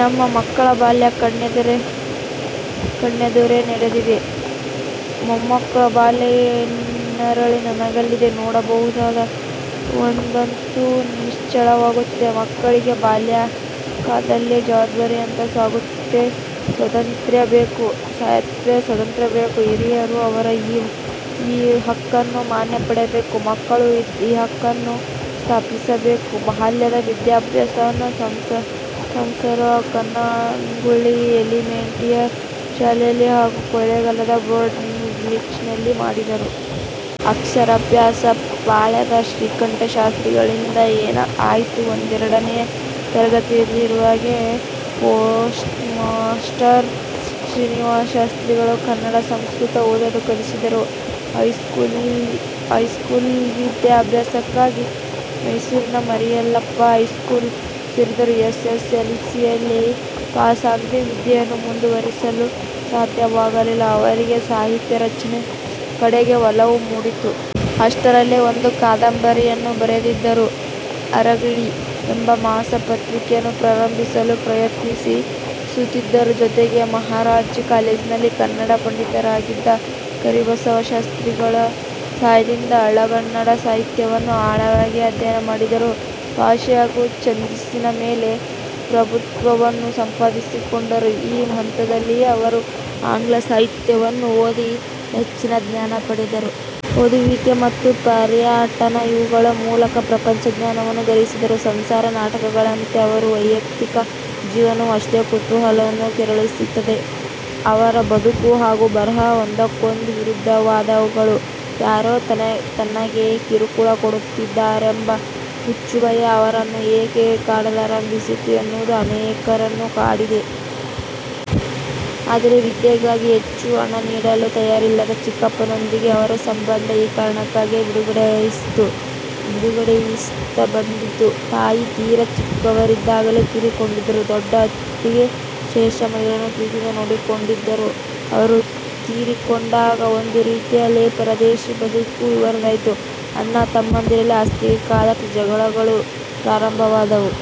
ನಮ್ಮ ಮಕ್ಕಳ ಬಾಲ್ಯ ಕಣ್ಣೆದುರೆ ನಡೆದಿದೆ. ಮೊಮ್ಮಕ್ಕಳ ಬಾಲ್ಯ ಇನ್ನರಳಿ ನಗಲಿದೆ. ನೋಡುನೋಡುತ್ತಾ ಒಂದಂತೂ ನಿಚ್ಚಳವಾಗುತ್ತಿದೆ ಮಕ್ಕಳಿಗೆ ಬಾಲ್ಯಕಾಲದಲ್ಲಿ ಜವಾಬ್ದಾರಿಯುತ ಸ್ವಾಯತ್ತೆ-ಸ್ವಾತಂತ್ಯ್ರ ಬೇಕು. ಹಿರಿಯರು ಅವರ ಈ ಹಕ್ಕನ್ನು ಮಾನ್ಯಮಾಡಬೇಕು. ಮಕ್ಕಳು ಈ ಹಕ್ಕನ್ನು ಸ್ಥಾಪಿಸಬೇಕು. ಬಾಲ್ಯದ ವಿದ್ಯಾಭ್ಯಾಸವನ್ನು ಸಂಸರು ಕುನಗನಹಳ್ಳಿ ಎಲಿಮೆಂಟರಿ ಶಾಲೆಯಲ್ಲಿ ಹಾಗೂ ಕೊಳ್ಳೆಗಾಲದ ಬೋರ್ಡ ಮಿಡಲ್ಸ್ಕೂಲಿನಲ್ಲಿ ಮಾಡಿದರು. ಅಕ್ಷರಾಭ್ಯಾಸ ಪಾಳ್ಯದ ಶ್ರೀಕಂಠ ಶಾಸ್ತ್ರಿಗಳಿಂದ ಆಯಿತು. ಒಂದೆರಡನೆಯ ತರಗತಿಯಲ್ಲಿರುವಾಗಲೇ ಪೋಸ್ಟ್ಮಾಸ್ಟರ್ ಶ್ರೀನಿವಾಸ ಶಾಸ್ತ್ರಿಗಳು ಕನ್ನಡ, ಸಂಸ್ಕೃತ ಓದಲು ಕಲಿಸಿದರು. ಹೈಸ್ಕೂಲ್ವಿದ್ಯಾಭ್ಯಾಸಕ್ಕಾಗಿ ಮೈಸೂರಿನ ಮರಿಮಲ್ಲಪ್ಪ ಹೈಸ್ಕೂಲು ಸೇರಿದರು. ಎಸ್. ಎಸ್. ಎಲ್. ಸಿಯಲ್ಲಿ ಪಾಸಾಗದೇ ವಿದ್ಯೆಯನ್ನು ಮುಂದುವರಿಸಲು ಸಾಧ್ಯವಾಗಲಿಲ್ಲ. ಅವರಿಗೆ ಸಾಹಿತ್ಯ ರಚನೆಯ ಕಡೆಗೆ ಒಲವು ಮೂಡಿತ್ತು. ಅಷ್ಟರಲ್ಲೇ ಒಂದು ಕಾದಂಬರಿಯನ್ನೂ ಬರೆದಿದ್ದರು. 'ಅರಗಿಳಿ' ಎಂಬ ಮಾಸ ಪತ್ರಿಕೆಯನ್ನು ಪ್ರಾರಂಭಿಸಲು ಪ್ರಯತ್ನಿಸಿ ಸೋತಿದ್ದರು. ಜೊತೆಗೆ ಮಹಾರಾಜಾ ಕಾಲೇಜಿನಲ್ಲಿ ಕನ್ನಡ ಪಂಡಿತರಾಗಿದ್ದ ಕರಿಬಸವ ಶಾಸ್ತ್ರಿಗಳ ಸಹಾಯದಿಂದ ಹಳಗನ್ನಡ ಸಾಹಿತ್ಯವನ್ನು ಆಳವಾಗಿ ಅಧ್ಯಯನ ಮಾಡಿದರು. ಭಾಷೆ ಹಾಗೂ ಛಂದಸ್ಸಿನ ಮೇಲೆ ಪ್ರಭುತ್ವವನ್ನು ಸಂಪಾದಿಸಿಕೊಂಡರು. ಈ ಹಂತದಲ್ಲಿಯೇ ಅವರು ಆಂಗ್ಲ ಸಾಹಿತ್ಯವನ್ನೂ ಓದಿ ಹೆಚ್ಚಿನ ಜ್ಞಾನವನ್ನು ಪಡೆದರು. ಓದುವಿಕೆ ಮತ್ತು ಪರ್ಯಟನ ಇವುಗಳ ಮೂಲಕ ಪ್ರಪಂಚ ಜ್ಞಾನವನ್ನು ಗ್ರಹಿಸಿದರು. ಸಂಸರ ನಾಟಕಗಳಂತೆ ಅವರ ವೈಯಕ್ತಿಕ ಜೀವನವೂ ಅಷ್ಟೇ ಕುತೂಹಲವನ್ನು ಕೆರಳಿಸುತ್ತದೆ. ಅವರ ಬದುಕು ಹಾಗೂ ಬರಹ ಒಂದಕ್ಕೊಂದು ವಿರುದ್ಧವಾದವುಗಳು. ಯಾರೋ ತನಗೆ ಕಿರುಕುಳ ಕೊಡುತ್ತಿದ್ದಾರೆಂಬ ಹುಚ್ಚುಭಯ ಅವರನ್ನು ಏಕೆ ಕಾಡಲಾರಂಭಿಸಿತು ಎನ್ನುವದು ಅನೇಕರನ್ನು ಕಾಡಿದೆ. ಆದರೆ ವಿದ್ಯೆಗಾಗಿ ಹೆಚ್ಚು ಹಣನೀಡಲು ತಯಾರಿಲ್ಲದ ಚಿಕ್ಕಪ್ಪನೊಂದಿಗಿನ ಅವರ ಸಂಬಂಧ ಈ ಕಾರಣಕ್ಕಾಗಿಯೇ ಬಿಗಡಾಯಿಸುತ್ತ ಬಂದಿತು. ತಾಯಿ ತೀರಾ ಚಿಕ್ಕವರಿರುವಾಗಲೇ ತೀರಿಕೊಂಡಿದ್ದರೂ ದೊಡ್ಡ ಅತ್ತಿಗೆ ಶೇಷಮ್ಮ ಇವರನ್ನು ಪ್ರೀತಿಯಿಂದ ನೋಡಿಕೊಂಡಿದ್ದರು. ಅವರು ತೀರಿಕೊಂಡಾಗ ಒಂದು ರೀತಿಯಲ್ಲಿ ಪರದೇಶಿ ಬದುಕು ಇವರದಾಯಿತು. ಅಣ್ಣ ತಮ್ಮಂದಿರಲ್ಲಿ ಆಸ್ತಿಗಾಗಿ ಕಾದಾಟ ಜಗಳಗಳೂ ಪ್ರಾರಂಭವಾದವು.